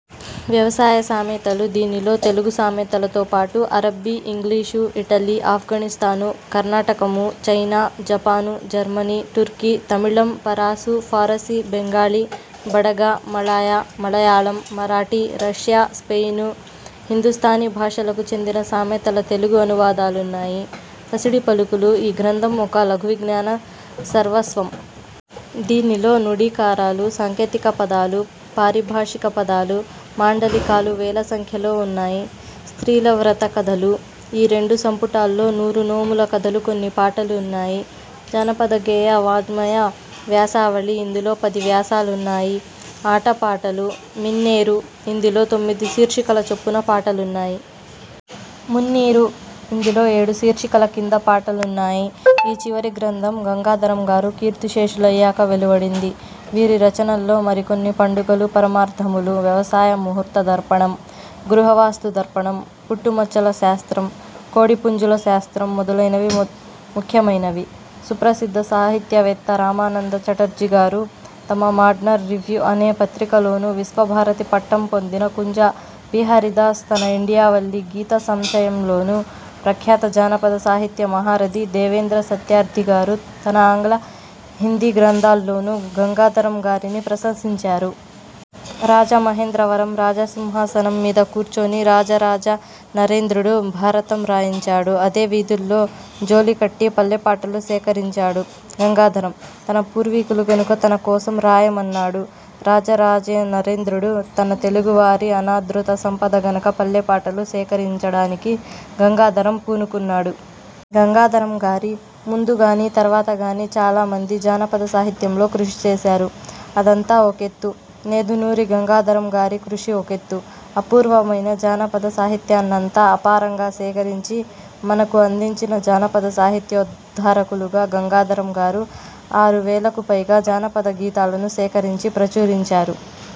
'వ్యవసాయ సామెతలు', దీనిలో తెలుగు సామెతల తోపాటు అరబ్బీ, ఇంగ్లీషు, ఇటలీ, ఆఫ్ఘనిస్థాను, కర్ణకటము, చైనా, జపాను, జర్మనీ, టుర్కీ, తమిళం, పరాసు, ఫారసీ, Bengali, Badaga, Malaya, Malayalam, Marathi, Russia, Spain, Hindustani భాషలకు చెందిన సామెతల తెలుగు అనువాదాలున్నాయి. 'పసిడి పలుకులు'-, ఈ గ్రంథం ఒక లఘువిజ్ఞాన సర్వస్వం. దీనిలో నుడికారాలు, సాంకేతికపదాలు, పారిభాషిక పదాలు మాండలి కాలు వేల సంఖ్యలో ఉన్నాయి. 'స్త్రీల వ్రత కథలు'-, ఈ రెండు సంపుటాల్లో నూరు నోముల కథలు కొన్ని పాటలు ఉన్నాయి. 'జానపద గేయ వాఙ్మయ వ్యాసావళి', ఇందులో పది వ్యాసాలున్నాయి. ఆట పాటలు-. 'మిన్నేరు'-, ఇందులో తొమ్మిది శీర్షికల చొప్పున పాటలున్నాయి. 'మున్నీరు'-, ఇందులో ఏడు శీర్షికల కింద పాటలున్నాయి. ఈ చివరి గ్రంథం గంగాథరంగారు కీర్తిశేషులయ్యాక వెలువడింది. వీరి రచనల్లో మరికొన్ని: పండుగలు-పరమార్థములు, వ్యవసాయ ముహూర్త దర్పణం, గృహవాస్తు దర్ప ణం, పుట్టు మచ్చల శాస్త్రం, కోడిపుంజుల శాస్త్రం మొదలైనవి ముఖ్యమైనవి. సుప్రసిద్ధ సాహిత్యవేత్త రామానంద చటర్జీ గారు తమ 'మాడర్న్ రివ్యు' అనే పత్రికలోనూ, విశ్వభారతి పట్టం పొందిన కుంజ బిహారీదాస్ తన ఇండియావల్లి గీత సంచయంలోనూ, ప్రఖ్యాత జానపద సాహిత్య మహారథి దేవేంద్ర సత్యార్థి గారు తన ఆంగ్ల, హిందీ గ్రంథాల్లోనూ గంగాధరం గారిని ప్రశంసించారు. రాజమహేంద్ర వరం రాజసింహాసనం మీద కూర్చొని రాజరాజ నరేంద్రుడు భారతం రాయిం చాడు. అదే వీధుల్లో జోలికట్టి పల్లెపాటలు సేకరించాడు గంగాధరం. తన పూర్వీకులు గనుక తన కోసం రాయ మన్నాడు రాజరాజనరేంద్రుడు. తన తెలుగు వారి అనాదృత సంపద గనక పల్లెపాటలు సేకరిం చడానికి గంగాధరం పూనుకున్నాడు. గంగాధరం గారి ముందుగానీ, తర్వాతగానీ చాలామంది జానపద సాహిత్యంలో కృషి చేశారు. అదంతా ఒకెత్తు, నేదునూరి గంగాధరం గారి కృషి ఒకెత్తు. అపూర్వమైన జానపద సాహిత్యాన్నంతా అపారంగా సేకరించి మనకు అందించిన జానపద సాహిత్యోద్ధారకులు గంగాధరం గారు. ఆరువేలకు పైగా జానపద గీతాలను సేకరించి ప్రచురించారు.